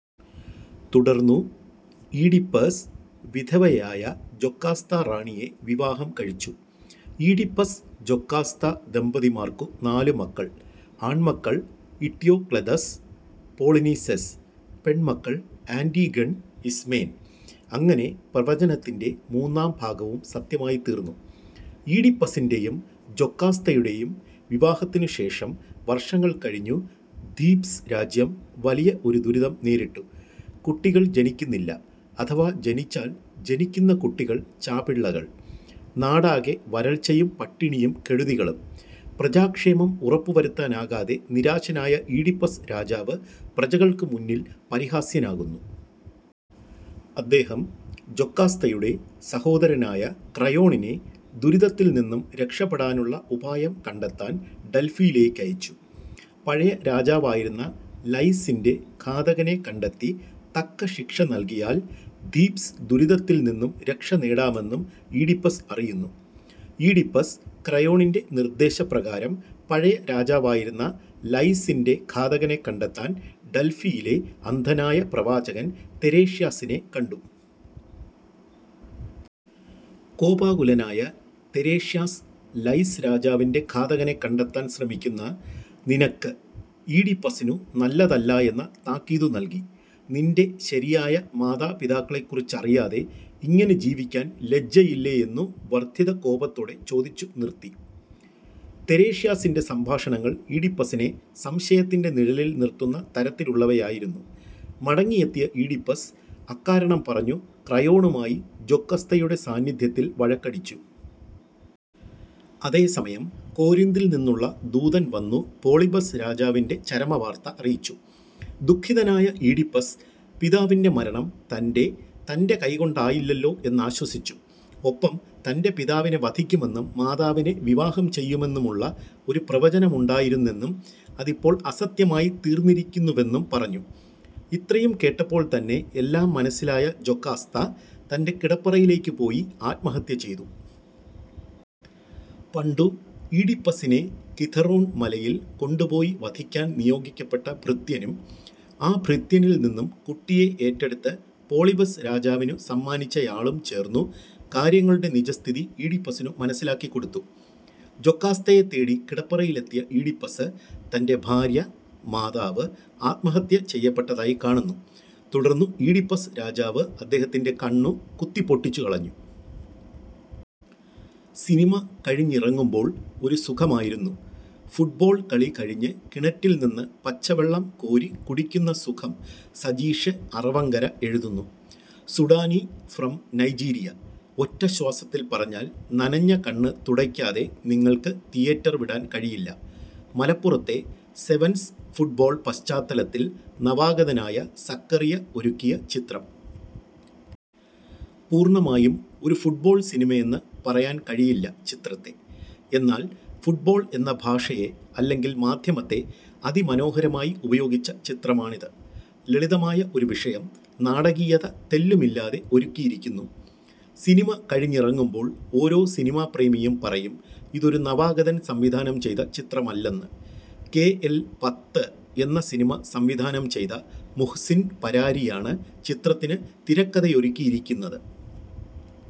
തുടർന്നു ഈഡിപ്പസ് വിധവയായ ജൊകാസ്ത റാണിയെ വിവാഹം കഴിച്ചു. ഈഡിപ്പസ്-ജൊകാസ്ത ദമ്പതിമാർക്കു നാലു മക്കൾ; "ആണ്മക്കൾ-ഇട്യോക്ലെദസ്, പൊളീനിസെസ്, പെണ്മക്കൾ-ആന്റിഗെൺ, ഇസ്മേൻ". അങ്ങനെ പ്രവചനത്തിന്റെ മൂന്നാം ഭാഗവും സത്യമായിത്തീർന്നു. ഈഡിപ്പസിന്റെയും ജൊകാസ്തയുടെയും വിവാഹത്തിനു ശേഷം വർഷങ്ങൾ കഴിഞ്ഞു ഥീബ്സ് രാജ്യം വലിയ ഒരു ദുരിതം നേരിട്ടു. കുട്ടികൾ ജനിക്കുന്നില്ല, അഥവാ ജനിച്ചാൽ ജനിക്കുന്ന കുട്ടികൽ ചാപിള്ളകൾനാടാകെ വരൾച്ചയും പട്ടിണിയും കെടുതികളുംപ്രജാ-ക്ഷേമം ഉറപ്പു വരുത്താനാകാതെ നിരാശനായ ഈഡിപ്പസ് രാജാവ് പ്രജകൾക്കു മുന്നിൽ പരിഹാസ്യനാകുന്നു. അദ്ദേഹം ജൊകാസ്തയുടെ സഹോദരനായ ക്രയോണിനെ ദുരിതത്തിൽ നിന്നും രക്ഷപെടാനുള്ള ഉപായം കണ്ടെത്താൻ ഡൽഫിയിലേക്കയച്ചു. പഴയ രാജാവായിരുന്ന ലൈയ്സിന്റെ ഘാതകനെ കണ്ടെത്തി തക്ക ശിക്ഷനൽകിയാൽ ഥീബ്സ് ദുരിതത്തിൽനിന്നും രക്ഷനേടാമെന്നും ഈഡിപ്പസ് അറിയുന്നു. ഈഡിപ്പസ് ക്രയോണിന്റെ നിർദ്ദേശപ്രകാരം പഴയ രാജാവായിരുന്ന ലൈയ്സിന്റെ ഘാതകനെ കണ്ടെത്താൻ ഡൽഫിയിലെ അന്ധനായ പ്രവാചകൻ തെരേഷ്യാസിനെ കണ്ടു. കോപാകുലനായ തെരേഷ്യാസ് ലൈയ്സ് രാജാവിന്റെ ഘാതകനെ കണ്ടെത്താൻ ശ്രമിക്കുന്ന "നിനക്ക്", ഈഡിപ്പസ്സിനു നല്ലതല്ലായെന്ന താക്കീതു നൽകി. നിന്റെ ശരിയായ മാതാ-പിതാക്കളെക്കുറിച്ചറിയാതെ ഇങ്ങനെ ജീവിക്കാൻ ലജ്ജയില്ലേയെന്നു വർദ്ദിത-കോപത്തോടെ ചൊദിച്ചു നിർത്തി. തെരേഷ്യാസിന്റെ സംഭാഷണങ്ങൾ ഈഡിപ്പസിനെ സംശയത്തിന്റെ നിഴലിൽ നിർത്തുന്ന തരത്തിലുള്ളവയായിരുന്നു. മടങ്ങിയെത്തിയ ഈഡിപ്പസ് അക്കാരണം പറഞ്ഞു ക്രയോണുമായി ജൊകസ്തയുടെ സാന്നിദ്ധ്യത്തിൽ വഴക്കടിച്ചു. അതേ സമയം കോരിന്ദിൽ നിന്നുള്ള ദൂതൻ വന്നു പോളിബസ് രാജാവിന്റെ ചരമ വാർത്ത അറിയിച്ചു. ദുഖിതനായ ഈഡിപ്പസ് പിതാവിന്റെ മരണം തന്റെ തന്റെ കൈകൊണ്ടായില്ലല്ലോ എന്നാശ്വസിച്ചു. ഒപ്പം തന്റെ പിതാവിനെ വധിക്കുമെന്നും മാതാവിനെ വിവാഹം ചെയ്യുമെന്നുമുള്ള ഒരു പ്രവചനമുണ്ടായിരുന്നെന്നും അതിപ്പോൾ അസത്യമായി തീർന്നിരിക്കുന്നുവെന്നും പറഞ്ഞു. ഇത്രയും കേട്ടപ്പോൾതന്നെ എല്ലാം മനസ്സിലായ ജൊകാസ്ത തന്റെ കിടപ്പറയിലേക്കു പോയി ആത്മഹത്യ ചെയ്തു. പണ്ടു ഈഡിപ്പസ്സിനെ കിഥറൊൺ മലയിൽ കൊണ്ടുപോയി വധിക്കാൻ നിയോഗിക്കപ്പെട്ട ഭൃത്യനും ആ ഭൃത്യനിൽ നിന്നുംകുട്ടിയെ ഏറ്റെടുത്ത് പോളിബസ് രാജവിനു സമ്മാനിച്ചയാളും ചേർന്നു കാര്യങ്ങളുടെ നിജസ്ഥിതി ഈഡിപ്പസിനു മനസ്സിലാക്കിക്കൊടുത്തു. ജൊകാസ്തയെ തേടി കിടപ്പറയിലെത്തിയ ഈഡിപ്പസ് തന്റെ ഭാര്യ/മാതാവ് ആത്മഹത്യ ചെയ്യപ്പെട്ടതായി കാണുന്നു. തുടർന്നു ഈഡിപ്പസ് രാജാവ് അദ്ദേഹത്തിന്റെ കണ്ണു കുത്തിപ്പൊട്ടിച്ചു കളഞ്ഞു. സിനിമ കഴിഞ്ഞിറങ്ങുമ്പോൾ ഒരു സുഖമായിരുന്നു. ഫുട്ബോൾ കളി കഴിഞ്ഞ് കിണറ്റിൽ നിന്ന് പച്ചവെള്ളം കോരി കുടിക്കുന്ന സുഖം സജീഷ് അറവങ്കര എഴുതുന്നു. സുഡാനി ഫ്രം നൈജീരിയ ഒറ്റ ശ്വാസത്തിൽ പറഞ്ഞാൽ, നനഞ്ഞ കണ്ണ് തുടയ്ക്കാതെ നിങ്ങൾക്ക് തിയേറ്റർ വിടാൻ കഴിയില്ല. മലപ്പുറത്തെ സെവൻസ് ഫുട്ബോൾ പശ്ചാത്തലത്തിൽ നവാഗതനായ സക്കറിയ ഒരുക്കിയ ചിത്രം. പൂർണമായും ഒരു ഫുട്ബോൾ സിനിമയെന്ന് പറയാൻ കഴിയില്ല ചിത്രത്തെ. എന്നാൻ, ഫുട്ബോൾ എന്ന ഭാഷയെ അല്ലെങ്കിൽ മാധ്യമത്തെ അതിമനോഹരമായി ഉപയോഗിച്ച ചിത്രമാണിത്. ലളിതമായ ഒരു വിഷയം നാടകീയത തെല്ലുമില്ലാതെ ഒരുക്കിയിരിക്കുന്നു. സിനിമ കഴിഞ്ഞിറങ്ങുമ്പോൾ ഓരോ സിനിമാപ്രേമിയും പറയും ഇതൊരു നവാഗതൻ സംവിധാനം ചെയ്ത ചിത്രമല്ലെന്ന്. കെഎൽ പത്ത് എന്ന സിനിമ സംവിധാനം ചെയ്ത മുഹ്സിൻ പരാരിയാണ് ചിത്രത്തിന് തിരക്കഥയൊരുക്കിയിരിക്കുന്നത്.